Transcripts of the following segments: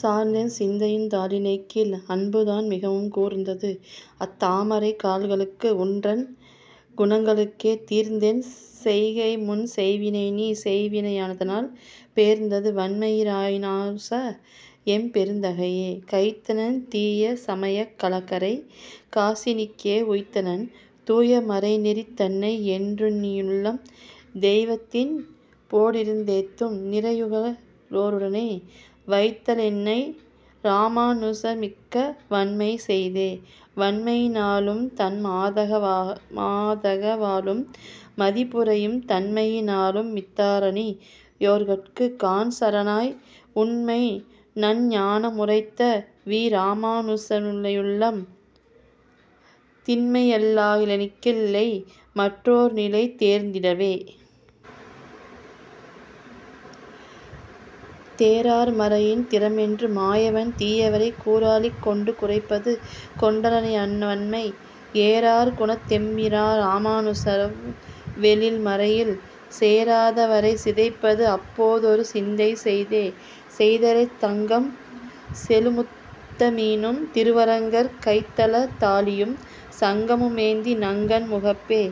சார்ந்ததென்சிந்தையுன் தாளிணைக்கீழ் அன்புதான் மிகவும் கூர்ந்தது அத்தாமரைத்தாள்களுக்கு உன்றன் குணங்களுக்கே தீர்ந்ததென்செய்கை முன்செய்வினை நீ செய்வினையதனால் பேர்ந்தது வண்மையிராமாநுசா எம் பெருந்தகையே.. கைத்தனன் தீயசமயக்கலகரை காசினிக்கே உய்த்தனன் தூயமறைநெறிதன்னை என்றுன்னியுள்ளம் நெய்த்தவன் போடிருந்தேத்தும் நிறைபுகழோருடனே வைத்தனனென்னை இராமாநுசன்மிக்க வண்மை செய்தே. வண்மையினாலும் தன்மாதகவாலும் மதிபுரையும் தண்மையினாலுமித்தாரணியோர்கட்கு கான்சரணாய் உண்மை நன்ஞானமுரைத்தவிராமாநுசனையுன்னும் திண்மையல்லாலெனக்கில்லை மற்றோர் நிலை தேர்ந்திடிலே. தேரார்மறையின் திறமென்று மாயவன் தீயவரைக் கூராழிகொண்டு குறைப்பது கொண்டலனையவண்மை ஏரார்குணத்தெம்மிராமாநுசனவ் வெழில்மறையில் சேராதவரைச்சிதைப்பது அப்போதொரு சிந்தை செய்தே. செய்த்தலைச்சங்கம் செழுமுத்தமீனும் திருவரங்கர் கைத்தலத்தாழியும் சங்கமுமேந்தி நங்கண் முகப்பே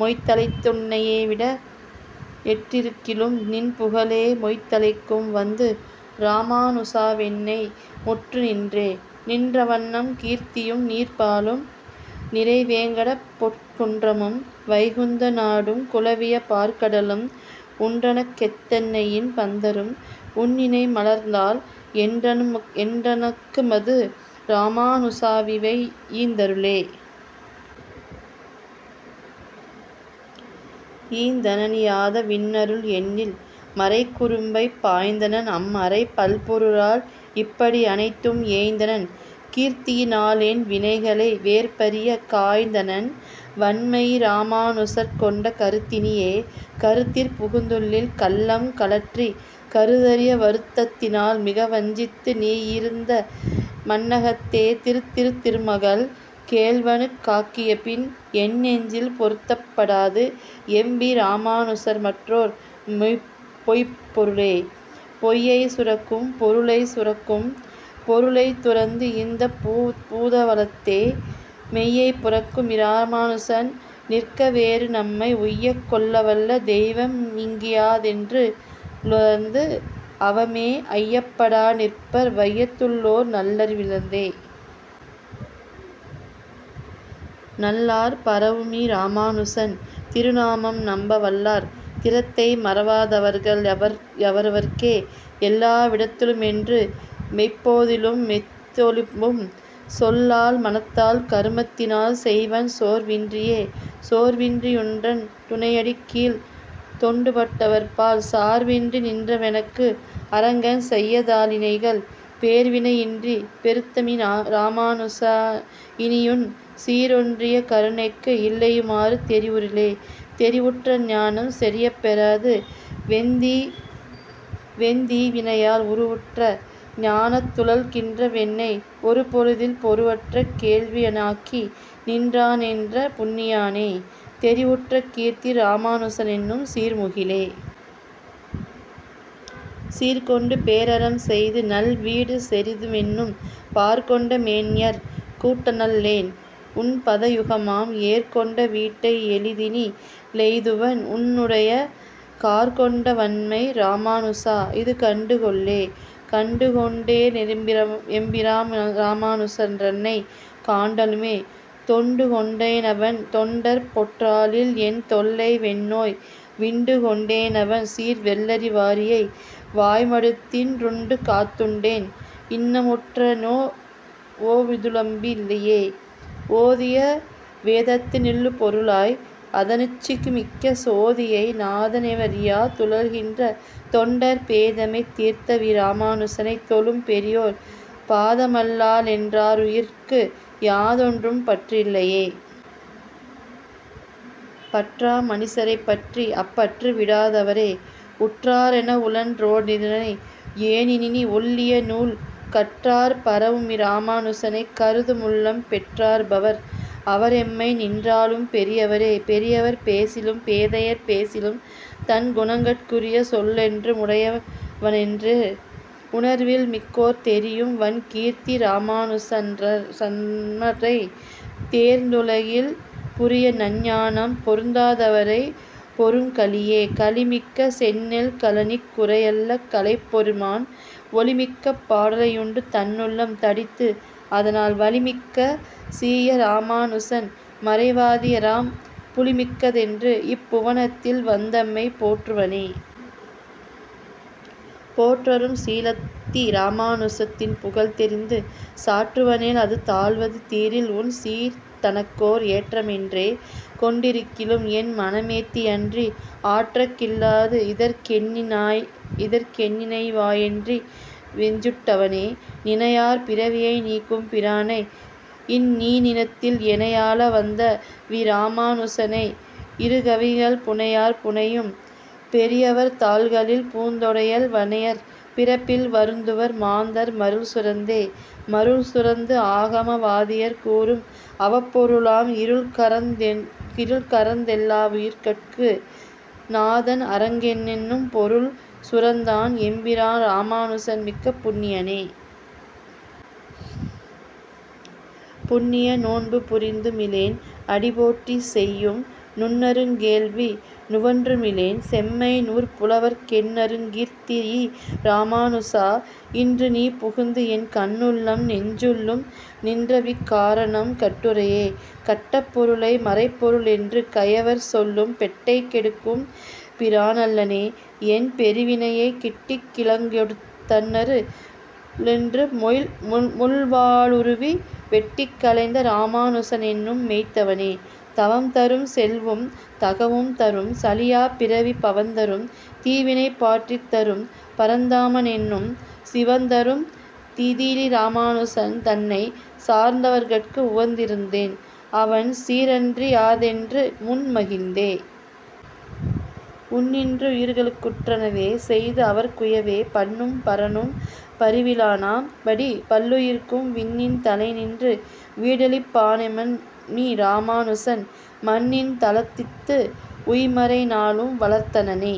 மொய்த்தலைத்துன்னைவிடேனென்றிருக்கிலும் நின்புகழே மொய்த்தலைக்கும் வந்து இராமாநுசாவென்னை முற்றுநின்றே. நின்றவண் கீர்த்தியும் நீள்புனலும் நிறைவேங்கடப்பொற் குன்றமும் வைகுந்தநாடும் குலவியபாற்கடலும் உன்றனக்கெத்தனையின் பந்தரும் உன்னிணைமலர்த்தாள் என்றனக்குமது இராமாநுசாவிவை யீந்தருளே.. ஈந்தனனீயாதவின்னருள் எண்ணில் மறைக்குறும்பைப் பாய்ந்தனன் அம்மறைப் பல்பொருளால் இப்படியனைத்தும் ஏய்ந்தனன் கீர்த்தியினாலென்வினைகளை வேர்பறியக் காய்ந்தனன் வண்மையிராமாநுசற்கென் கருத்தினியே.. கருத்திற் புகுந்துள்ளில் கள்ளம் கழற்றி கருதரிய வருத்தத்தினால் மிகவஞ்சித்து நீயிந்த மண்ணகத்தே திருத்தித்திருமகள் கேள்வனுக்காக்கியபின் என்னெஞ்சில் பொருத்தப்படாது எம்மிராமாநுசாமற்றோர் பொய்ப்பொருளே.. பொய்யைச் சுரக்கும் பொருளைத் துரந்து இந்தப்பூதலத்தே மெய்யைப்புரக்குமிராமாநுசன் நிற்க வேறு நம்மை உய்யக்கொள்ளவல்லதெய்வமிங்கியாதென்றுலர்ந்து அவமே ஐயப்படாநிற்பர் வையத்துள்ளோர் நல்லறிவிழந்தே.. நல்லார்பரவுமிராமாநுசன் திருநாமம் நம்ப வல்லார் திறத்தை மறவாதவர்கள் யவர் அவர்க்கே எல்லாவிடத்திலுமென்றுமெப்போதிலு மெத்தொழும்பும் சொல்லால் மனத்தால் கருமத்தினால் செய்வன் சோர்வின்றியே.. சோர்வின்றியுன்றன் துணையடிக்கீழ் தொண்டுப்பட்டவர்பால் சார்வின்றிநின்றவெனக்கு அரங்கன் செய்யதாளிணைகள் பேர்வின்றியின்றுபெறுத்துமிராமாநுசா இனியுன் சீரொன்றிய கருணைக்கு இல்லைமாறு தெரிவுறிலே.. தெரிவுற்றஞானம் செறியப்பெறாது வெந்தீவினையால் உருவற்ற ஞானத்துழல்கின்றவென்னை ஒருபொழுதில் பொருவற்ற கேள்வியனாக்கிநின்றானென்ன புண்ணியனோ தெரிவுற்ற கீர்த்தி இராமாநுசனென்னும் சீர்முகிலே.. சீர்கொண்டுபேரறம் செய்து நல்வீடுசெறிதுமென்னும் பார்கொண்டமேன்மையர் கூட்டனல்லேன் உன்பதயுகமாம் ஏர்கொண்டவீட்டையெளிதினிலெய்துவன் உன்னுடைய கார்கொண்டவண்மை இராமாநுசா! இதுகண்டு கொள்ளே.. கண்டுகொண்டேனெம்மிராமாநுசன் றன்னை காண்டலுமே தொண்டு கொண்டேனவன் தொண்டர்பொற்றாளில் என் தொல்லை வெந்நோய் விண்டுகொண்டேனவன் சீர்வெள்ளவாரியை வாய்மடுத்தின் றுண்டுகொண்டேன் இன்னமுற்றனவோதிலுலப்பில்லையே.. ஓதியவேதத்தினுட்பொருளாய் அதனுச்சிமிக்க சோதியை நாதனெனவறியா துழல்கின்ற தொண்டர் பேதைமை தீர்த்தவிராமாநுசனைத் தொழும் பெரியோர் பாதமல்லாலென்றன்னாருயிர்க்கு யாதொன்றும் பற்றில்லையே.. பற்றாமனிசரைப்பற்றி அப்பற்றுவிடாதவரே உற்றாரெனவுழன்றோடிநையேனினி ஒள்ளிய நூல் கற்றார்பரவுமிராமாநுசனைக் கருதுமுள்ளம் பெற்றார்யவர் அவரெம்மைநின்றாளும் பெரியவரே.. பெரியவர் பேசிலும் பேதையர்பேசிலும் தன்குணங்கட் குரிய சொல்லென்று முடையவனென்றென்று உணர்வில் மிக்கோர் தெரியும் வண்கீர்த்தியிராமாநுசன்மறை தேர்ந்துலகில் புரியுநன் ஞானம் பொருந்தாதவரைப் பொரும்கலியே.. கலிமிக்க செந்நெல் கழனிக்குறையல் கலைப்பெருமான் ஒலிமிக்க பாடலையுண்டு தன்னுள்ளம் தடித்து அதனால் வலிமிக்க சீயமிராமாநுசன் மறைவாதியராம் புலிமிக்கதென்று இப்புவனத்தில் வந்தமை போற்றுவனே.. போற்றரும் சீலத்திராமாநுச நின்புகழ் தெரிந்து சாற்றுவனேல் அதுதாழ்வது தீரில் உன் சீர்தனக்கோர் ஏற்றமென்றே கொண்டிருக்கிலும் என்மனமேத்தியன்றி ஆற்றகில்லாது இதற்கென்னினைவாயென்றிட்டஞ்சுவனே.. நினையார் பிறவியை நீக்கும் பிரானை இந்நீணிலத்தில் எனையாள வந்தவிராமா னுசனை இருங்கவிகள் புனையார் புனையும் பெரியவர்தாள்களில் பூந்தொடையல் வனையார் பிறப்பில் வருந்துவர் மாந்தர் மருள்சுரந்தே.. மருள் சுரந்து ஆகமவாதியர் கூறும் அவப்பொருளாம் இருள்சுரந்தெய்த்தவுலகிருள் நீங்க தன்னீண்டியசீர் அருள்சுரந்தெல்லாவுயிர்கட்கும் நாதன் அரங்கனென்னும் பொருள் சுரந்தான் எம்மிராமாநுசன் மிக்க புண்ணியனே.. புண்ணிய நோன்புபுரிந்துமிலேன் அடி போற்றி செய்யும் நுண்ணருங்கேள்வி நுவன்றுமிலேன் செம்மை நூற்புலவர்க் கெண்ணருங்கீர்த்தியிராமாநுசா இன்று நீ புகுந்து என் கண்ணுள்ளும் நெஞ்சுள்ளும் நின்றவிக்காரணம் கட்டுரையே.. கட்டப்பொருளை மறைப்பொருளென்று கயவர் சொல்லும் பெட்டைக்கெடுக்கும் பிரானல்லனே என்பெருவினையைக் கிட்டிக்கிழங்கொடுதன்னருளென்னுமொள் வாளுருவி வெட்டிக்களைந்த இராமாநுசனென்னும் மெய்த்தவனே.. தவந்தரும் செல்வும் தகவும் தரும் சலியாப்பிறவிப் பவந்தரும் தீவினைபாற்றித்தரும் பரந்தாமமென்னும் திவந்தரும் தீதிலிராமாநுசன் தன்னைச் சார்ந்தவர்கட்கு உவந்தருந்தேன் அவன் சீரன்றியானென்று முள் மகிழ்ந்தே.. உண்ணின்றுயிர்களுக்குற்றனவே செய்து அவர்க்குயவே பண்ணும்பரனும்பரிவிலனாம்படி பல்லுயிர்க்கும் விண்ணின் தலைநின்று வீடளிப்பானெம்மிராமா னுசன் மண்ணின் தலத்துதித்து உய்மறைநாலும் வளர்த்தனனே..